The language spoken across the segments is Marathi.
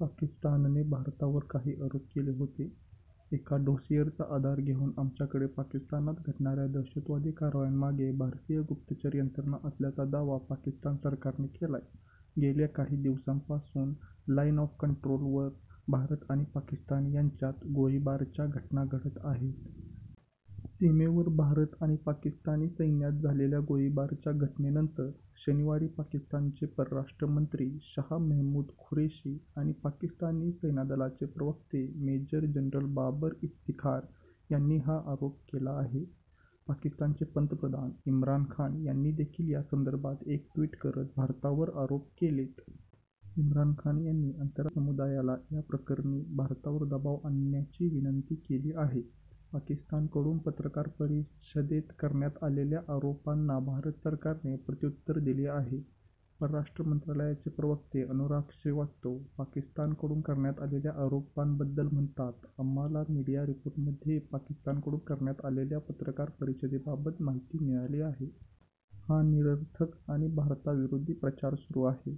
पाकिस्तानने भारतावर काही आरोप केले होते. एका 'डोसिअर'चा आधार घेऊन आमच्याकडे पाकिस्तानात घडणाऱ्या दहशतवादी कारवायांमागे भारतीय गुप्तचर यंत्रणा असल्याचा' दावा पाकिस्तान सरकारने केलाय. गेल्या काही दिवसांपासून 'लाइन ऑफ कंट्रोल' वर भारत आणि पाकिस्तान यांच्यात गोळीबाराच्या घटना घडत आहेत. सीमेवर भारत आणि पाकिस्तानी सैन्यात झालेल्या गोळीबाराच्या घटनेनंतर, शनिवारी पाकिस्तानचे परराष्ट्रमंत्री शहा मेहमूद कुरेशी आणि पाकिस्तानी सैन्यदलाचे प्रवक्ते मेजर जनरल बाबर इफ्तिखार यांनी हा आरोप केला आहे. पाकिस्तानचे पंतप्रधान इम्रान खान यांनी देखील या संदर्भात एक ट्विट करत भारतावर आरोप केलेत. इम्राम खान यांनी आंतरराष्ट्रीय समुदायाला या प्रकरणी भारतावर दबाव आणण्याची विनंती केली आहे. पाकिस्तानकडून पत्रकार परिषदेत करण्यात आलेल्या आरोपांना भारत सरकारने प्रत्युत्तर दिलं आहे. परराष्ट्र मंत्रालयाचे प्रवक्ते अनुराग श्रीवास्तव पाकिस्तानकडून करण्यात आलेल्या आरोपांबद्दल म्हणतात आम्हाला मीडिया रिपोर्टमध्ये पाकिस्तानकडून करण्यात आलेल्या पत्रकार परिषदेबाबत माहिती मिळाली आहे. हा निरर्थक आणि भारताविरोधी प्रचार सुरू आहे.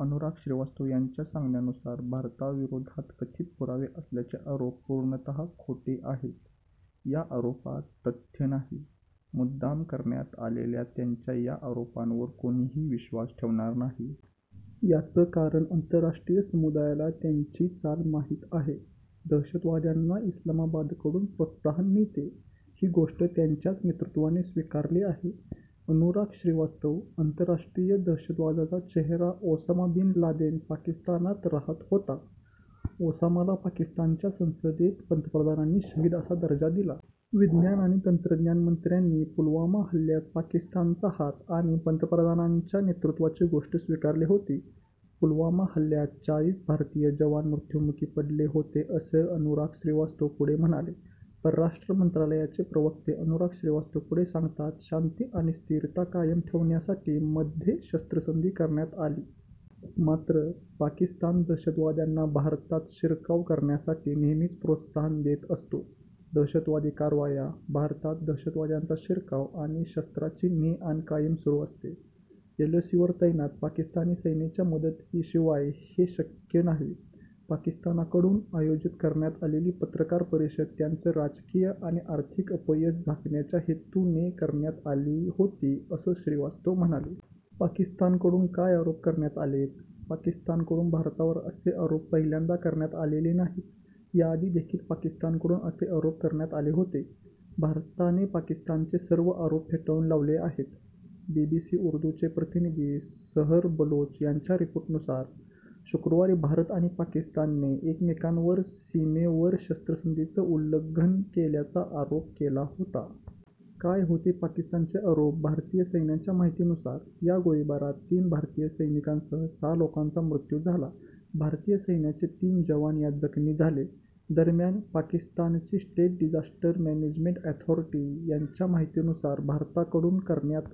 अनुराग श्रीवास्तव यांच्या सांगण्यानुसार भारताविरोधात कथित पुरावे असल्याचे आरोप पूर्णत: खोटे आहेत. या आरोपात तथ्य नाही. मुद्दाम करण्यात आलेल्या त्यांच्या या आरोपांवर कोणीही विश्वास ठेवणार नाही. याचं कारण आंतरराष्ट्रीय समुदायाला त्यांची चाल माहिती आहे. दहशतवाद्यांना इस्लामाबादकडून प्रोत्साहन मिळतं, ही गोष्ट त्यांच्याच नेतृत्वाने स्वीकारली आहे. अनुराग श्रीवास्तव आतरराष्ट्रीय दहशतवादाचा चेहरा ओसामा बिन लादेन पाकिस्तानात रहात होता. ओसामाला पाकिस्तानच्या संसदेत पंतप्रधानांनी शहीद असा दर्जा दिला. विज्ञान आणि तंत्रज्ञान मंत्र्यांनी पुलवामा हल्ल्यात पाकिस्तानचा हात आणि पंतप्रधानांच्या नेतृत्वाची गोष्ट स्वीकारली होती. पुलवामा हल्ल्यात चाळीस भारतीय जवान मृत्यूमुखी पडले होते असं अनुराग श्रीवास्तव पुढे म्हणाले. परराष्ट्र मंत्रालयाचे प्रवक्ते अनुराग श्रीवास्तव पुढे सांगतात शांती आणि स्थिरता कायम ठेवण्यासाठी मध्ये शस्त्रसंधी करण्यात आली. मात्र, पाकिस्तान दहशतवाद्यांना भारतात शिरकाव करण्यासाठी नेहमीच प्रोत्साहन देत असतो. दहशतवादी कारवाया, भारतात दहशतवाद्यांचा शिरकाव आणि शस्त्रांची ने-आण कायम सुरू असते. 'एलओसी' वर तैनात पाकिस्तानी सैन्याच्या मदतीशिवाय हे शक्य नाही. पाकिस्तानकडून आयोजित करण्यात आलेली पत्रकार परिषद त्यांचं राजकीय आणि आर्थिक अपयश झाकण्याच्या हेतूने करण्यात आली होती, असं श्रीवास्तव म्हणाले. पाकिस्तानकडून काय आरोप करण्यात आलेत? पाकिस्तानकडून भारतावर असे आरोप पहिल्यांदा करण्यात आलेले नाहीत. याआधी देखील पाकिस्तानकडून असे आरोप करण्यात आले होते. भारताने पाकिस्तानचे सर्व आरोप फेटाळून लावले आहेत. बीबीसी उर्दूचे प्रतिनिधी सहर बलोच यांच्या रिपोर्टनुसार, शुक्रवारी भारत आणि पाकिस्तानने एकमेकांवर सीमेवर शस्त्रसंधीच उल्लंघन केल्याचा आरोप केला होता. काय होते पाकिस्तानचे आरोप भारतीय सैन्याच्या माहितीनुसार, या गोळीबारात तीन भारतीय सैनिकांसह सहा लोकांचा मृत्यू झाला. भारतीय सैन्याचे तीन जवान यात जखमी झाले. दरम्यान पाकिस्तानची स्टेट डिजास्टर मॅनेजमेंट ऑथॉरीटी यांच्या माहितीनुसार भारताकडून करण्यात